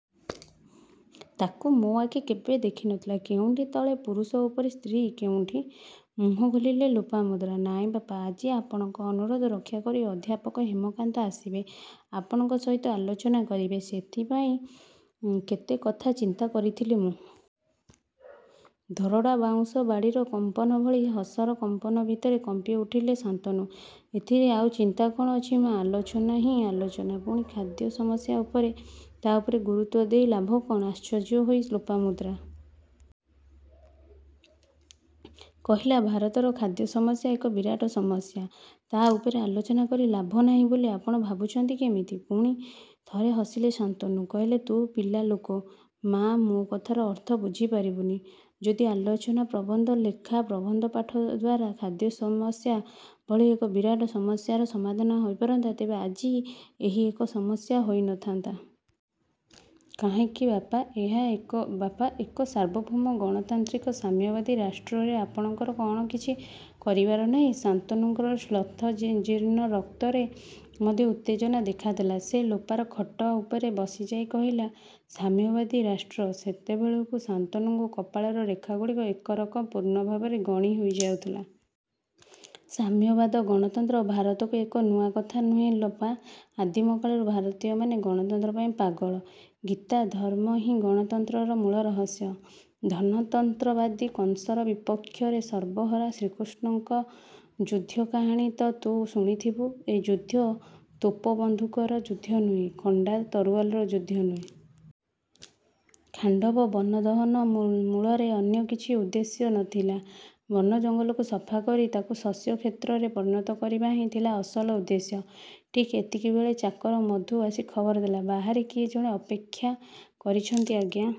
ତାକୁ ମୋ ଆଖି କେବେ ଦେଖି ନ ଥିଲା। କେଉଁଠି ତଳେ ପୁରୁଷ ଉପରେ ସ୍ତ୍ରୀ, କେଉଁଠି। ମୁହଁ ଖୋଲିଲା ଲୋପାମୁଦ୍ରା। ''ନାଇଁ ବାପା, ଆଜି ଆପଣଙ୍କ ଅନୁରୋଧ ରକ୍ଷାକରି ଅଧ୍ୟାପକ ହେମକାନ୍ତ ଆସିବେ। ଆପଣଙ୍କ ସହିତ ଆଲୋଚନା କରିବେ। ସେଇଥିପାଇଁ କେତେ କଥା ଚିନ୍ତା କରୁଥିଲି ମୁଁ। '' ଧରଡ଼ା ବାଉଁଶ ବାଡ଼ିର କମ୍ପନ ଭଳି ହସର କମ୍ପନ ଭିତରେ କମ୍ପିଉଠିଲେ ଶାନ୍ତନୁ ''ଏଥିରେ ଆଉ ଚିନ୍ତା କ'ଣ ଅଛି ମା। ଆଲୋଚନା ହିଁ ଆଲୋଚନା। ପୁଣି ଖାଦ୍ୟ ସମସ୍ୟା ଉପରେ। ତା' ଉପରେ ଗୁରୁତ୍ୱ ଦେଇ ଲାଭ କ'ଣ। '' ଆଶ୍ଚର୍ଯ୍ୟ ହୋଇ ଲୋପାମୁଦ୍ରା। କହିଲା ''ଭାରତର ଖାଦ୍ୟ ସମସ୍ୟା ଏକ ବିରାଟ ସମସ୍ୟା। ତା ଉପରେ ଆଲୋଚନା କରି ଲାଭ ନାହିଁ ବୋଲି ଆପଣ ଭାବୁଛନ୍ତି କେମିତି? '' ପୁଣି ଥରେ ହସିଲେ ଶାନ୍ତନୁ କହିଲେ ''ତୁ ପିଲାଲୋକ ମାଆ ମୋ କଥାର ଅର୍ଥ ବୁଝି ପାରିବୁନି। ଯଦି ଆଲୋଚନା, ପ୍ରବନ୍ଧ, ଲେଖା ପ୍ରବନ୍ଧ ପାଠ ଦ୍ୱାରା ଖାଦ୍ୟ ସମସ୍ୟା ଭଳି ଏକ ବିରାଟ ସସମ୍ୟାର ସମାଧାନ ହୋଇ ପାରନ୍ତା, ତେବେ ଆଜି ଏହି ଏକ ସମସ୍ୟା ହୋଇ ନ ଥାନ୍ତା। ''କାହିଁକି ବାପା ଏହା ଏକ ବାପା ଏକ ସାର୍ବଭୌମ ଗଣତାନ୍ତ୍ରିକ ସାମ୍ୟବାଦୀ ରାଷ୍ଟ୍ରରେ ଆପଣଙ୍କର କ'ଣ କିଛି କରିବାର ନାହିଁ? '' ଶାନ୍ତନୁଙ୍କର ଶ୍ଳଥ ଜୀର୍ଣ୍ଣ ରକ୍ତରେ ମଧ୍ୟ ଉତ୍ତେଜନା ଦେଖା ଦେଲା। ସେ ଲୋପାର ଖଟ ଉପରେ ବସିଯାଇ କହିଲେ ''ସାମ୍ୟବାଦୀ ରାଷ୍ଟ? '' ସେତେବେଳକୁ ଶାନ୍ତନୁଙ୍କ କପାଳର ରେଖାଗୁଡ଼ିକ ଏକରକମ ପୂର୍ଣ୍ଣ ଭାବରେ ଗଣି ହୋଈ ଯାଉଥିଲା। ''ସାମ୍ୟବାଦ ଗଣତନ୍ତ୍ର ଭାରତକୁ ଏକ ନୂଆ କଥା ନୂହେଁ ଲୋପା। ଆଦିମ କାଳରୁ ଭାରତୀୟମାନେ ଗଣତନ୍ତ୍ର ପାଇଁ ପାଗଳ। ଗୀତା ଧର୍ମ ହିଁ ଗଣତନ୍ତ୍ରର ମୂଳ ରହସ୍ୟ। ଧନତନ୍ତ୍ରବାଦୀ କଂସର ବିପକ୍ଷରେ ସର୍ବହରା ଶ୍ରୀକୃଷ୍ଣଙ୍କ ଯୁଦ୍ଧ କାହାଣୀ ତ' ତୁ ଶୁଣିଥବୁ। ଏ ଯୁଦ୍ଧ ତୋପ ବନ୍ଧୁକର ଯୁଦ୍ଧ ନୁହେଁ, ଖଣ୍ଡା ତରୁଆଲର ଯୁଦ୍ଧ ନୁହେଁ। ଖାଣ୍ଡବ ବନ ଦହନ ମୁ ମୂଳରେ ଅନ୍ୟ କିଛି ଉଦ୍ଦେଶ୍ୟ ନ ଥିଲା। ବନ ଜଙ୍ଗଲକୁ ସଫା କରି ତାକୁ ଶସ୍ୟ କ୍ଷେତ୍ରରେ ପରିଣତ କରିବା ହିଁ ଥିଲା ଅସଲ ଉଦ୍ଦେଶ୍ୟ। '' ଠିକ୍ଏତିକିବେଳେ ଚାକର ମଧୁ ଆସି ଖବର ଦେଲା ''ବାହାରେ କିଏ ଜଣେ ଅପେକ୍ଷା କରିଛନ୍ତି ଆଜ୍ଞା।